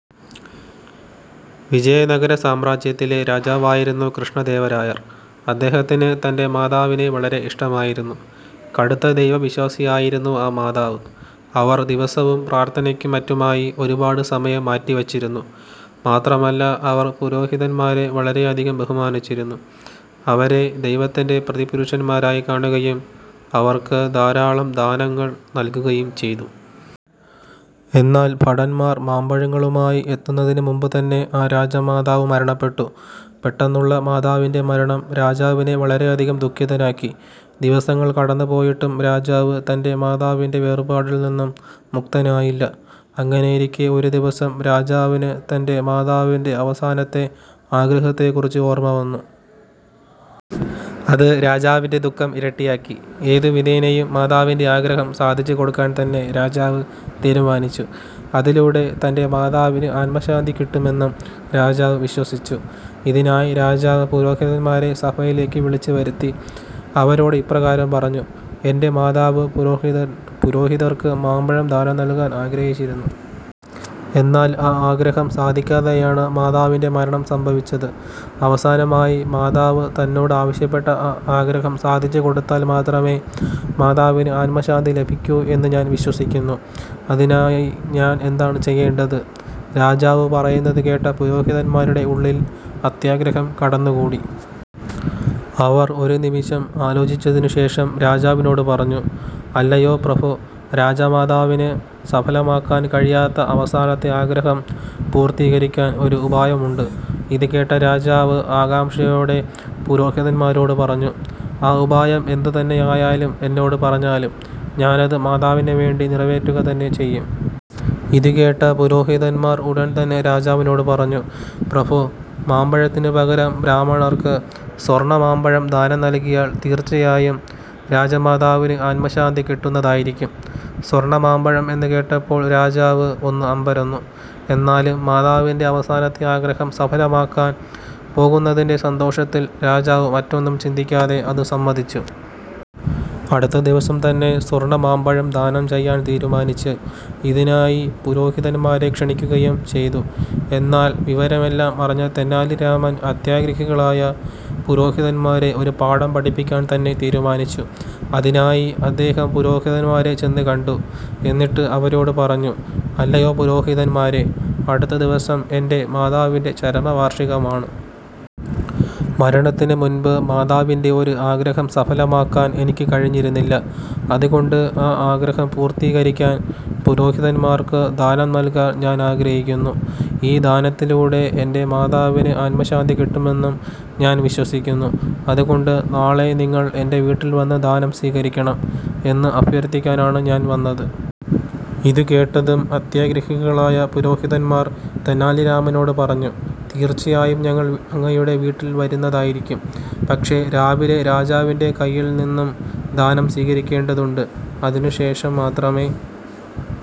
വിജയനഗര സാമ്രാജ്യത്തിലെ രാജാവായിരുന്നു കൃഷ്ണദേവരായർ. അദ്ദേഹത്തിന് തൻ്റെ മാതാവിനെ വളരെ ഇഷ്ടമായിരുന്നു. കടുത്ത ദൈവ വിശ്വാസിയായിരുന്നു ആ മാതാവ്. അവർ ദിവസവും പ്രാർത്ഥനയ്ക്കും മറ്റുമായി ഒരുപാട് സമയം മാറ്റി വച്ചിരുന്നു. മാത്രമല്ല അവർ പുരോഹിതന്മാരെ വളരെയധികം ബഹുമാനിച്ചിരുന്നു. അവരെ ദൈവത്തിന്റെ പ്രതിപുരുഷന്മാരായി കാണുകയും അവർക്ക് ധാരാളം ദാനങ്ങൾ നല്കുകയും ചെയ്തു. " എന്നാൽ ഭടന്മാർ മാമ്പഴങ്ങളുമായി എത്തുന്നതിനു മുൻപ് തന്നെ ആ രാജമാതാവ് മരണപ്പെട്ടു. പെട്ടെന്നുള്ള മാതാവിൻ്റെ മരണം രാജാവിനെ വളരെയധികം ദുഃഖിതനാക്കി. ദിവസങ്ങൾ കടന്നു പോയിട്ടും രാജാവ് തൻ്റെ മാതാവിൻ്റെ വേർപാടിൽ നിന്നും മുക്തനായില്ല. അങ്ങനെയിരിക്കെ ഒരു ദിവസം രാജാവിന് തൻ്റെ മാതാവിൻ്റെ അവസാനത്തെ ആഗ്രഹത്തെക്കുറിച്ച് ഓർമ വന്നു. അത് രാജാവിൻ്റെ ദുഃഖം ഇരട്ടിയാക്കി. ഏതു വിധേനയും മാതാവിൻ്റെ ആഗ്രഹം സാധിച്ചു കൊടുക്കാൻ തന്നെ രാജാവ് തീരുമാനിച്ചു. അതിലൂടെ തൻ്റെ മാതാവിന് അത്മശാന്തി കിട്ടുമെന്നും രാജാവ് വിശ്വസിച്ചു. ഇതിനായി രാജാവ് പുരോഹിതന്മാരെ സഭയിലേക്ക് വിളിച്ചു വരുത്തി. ആവരോട് ഇപ്രകാരം പറഞ്ഞു. "എന്റെ മാതാവ് പുരോഹിതർക്ക് മാമ്പഴം ദാനം നൽകാൻ ആഗ്രഹിച്ചിരുന്നു. എന്നാൽ ആ ആഗ്രഹം സാധിക്കാതെയാണ് മാതാവിൻ്റെ മരണം സംഭവിച്ചത്. അവസാനമായി മാതാവ് തന്നോട് ആവശ്യപ്പെട്ട ആ ആഗ്രഹം സാധിച്ചു കൊടുത്താൽ മാത്രമേ മാതാവിന് ആത്മശാന്തി ലഭിക്കൂ എന്നു ഞാൻ വിശ്വസിക്കുന്നു. അതിനായി ഞാൻ എന്താണ് ചെയ്യേണ്ടത്? " രാജാവ് പറയുന്നത് കേട്ട പുരോഹിതന്മാരുടെ ഉള്ളിൽ അത്യാഗ്രഹം കടന്നുകൂടി. അവർ ഒരു നിമിഷം ആലോചിച്ചതിനു ശേഷം രാജാവിനോട് പറഞ്ഞു "അല്ലയോ പ്രഭോ, രാജമാതാവിന് സഫലമാക്കാൻ കഴിയാത്ത അവസാനത്തെ ആഗ്രഹം പൂർത്തീകരിക്കാൻ ഒരു ഉപായം ഉണ്ട് " ഇതുകേട്ട രാജാവ് ആകാംഷയോടെ പുരോഹിതന്മാരോട് പറഞ്ഞു "ആ ഉപായം എന്തു തന്നെയായാലും എന്നോട് പറഞ്ഞാലും. ഞാനത് മാതാവിന് വേണ്ടി നിറവേറ്റുക തന്നെ ചെയ്യും. " ഇതുകേട്ട പുരോഹിതന്മാർ ഉടൻതന്നെ രാജാവിനോട് പറഞ്ഞു "പ്രഭു, മാമ്പഴത്തിനു പകരം ബ്രാഹ്മണർക്ക് സ്വർണ മാമ്പഴം ദാനം നൽകിയാൽ തീർച്ചയായും രാജമാതാവിന് അത്മശാന്തി കിട്ടുന്നതായിരിക്കും. " സ്വർണ മാമ്പഴം എന്ന് കേട്ടപ്പോൾ രാജാവ് ഒന്ന് അമ്പരന്നു. എന്നാലും മാതാവിൻ്റെ അവസാനത്തെ ആഗ്രഹം സഫലമാകാൻ പോകുന്നതിന്റെ സന്തോഷത്തിൽ രാജാവ് മറ്റൊന്നും ചിന്തിക്കാതെ അതു സമ്മതിച്ചു. അടുത്ത ദിവസം തന്നെ സ്വർണ മാമ്പഴം ദാനം ചെയ്യാൻ തീരുമാനിച്ചു. ഇതിനായി പുരോഹിതന്മാരെ ക്ഷണിക്കുകയും ചെയ്തു. എന്നാൽ വിവരമെല്ലാം അറിഞ്ഞ തെനാലിരാമൻ അത്യാഗ്രഹികളായ പുരോഹിതന്മാരെ ഒരു പാഠം പഠിപ്പിക്കാൻ തന്നെ തീരുമാനിച്ചു. അതിനായി അദ്ദേഹം പുരോഹിതന്മാരെ ചെന്നു കണ്ടു. എന്നിട്ട് അവരോട് പറഞ്ഞു "അല്ലയോ പുരോഹിതന്മാരെ അടുത്ത ദിവസം എന്റെ മാതാവിൻ്റെ ചരമവാർഷികമാണ്. മരണത്തിനു മുൻപ് മാതാവിൻ്റെ ഒരു ആഗ്രഹം സഫലമാക്കാൻ എനിക്ക് കഴിഞ്ഞിരുന്നില്ല. അതുകൊണ്ട് ആ ആഗ്രഹം പൂർത്തീകരിക്കാൻ പുരോഹിതന്മാർക്ക് ദാനം നൽകാൻ ഞാൻ ആഗ്രഹിക്കുന്നു. ഈ ദാനത്തിലൂടെ എൻ്റെ മാതാവിന് ആത്മശാന്തി കിട്ടുമെന്നും ഞാൻ വിശ്വസിക്കുന്നു. അതുകൊണ്ട് നാളെ നിങ്ങൾ എന്റ വീട്ടിൽ വന്നു ദാനം സ്വീകരിക്കണം എന്ന് അഭ്യർഥിക്കാനാണ് ഞാൻ വന്നത്. " ഇതു കേട്ടതും അത്യാഗ്രഹികളായ പുരോഹിതന്മാർ തെനാലിരാമനോട് പറഞ്ഞു "തീർച്ചയായും ഞങ്ങൾ അങ്ങയുടെ വീട്ടിൽ വരുന്നതായിരിക്കും. പക്ഷെ രാവിലെ രാജാവിന്റെ കൈയിൽനിന്നും ദാനം സ്വീകരിക്കേണ്ടതുണ്ട്. അതിനു ശേഷം മാത്രമേ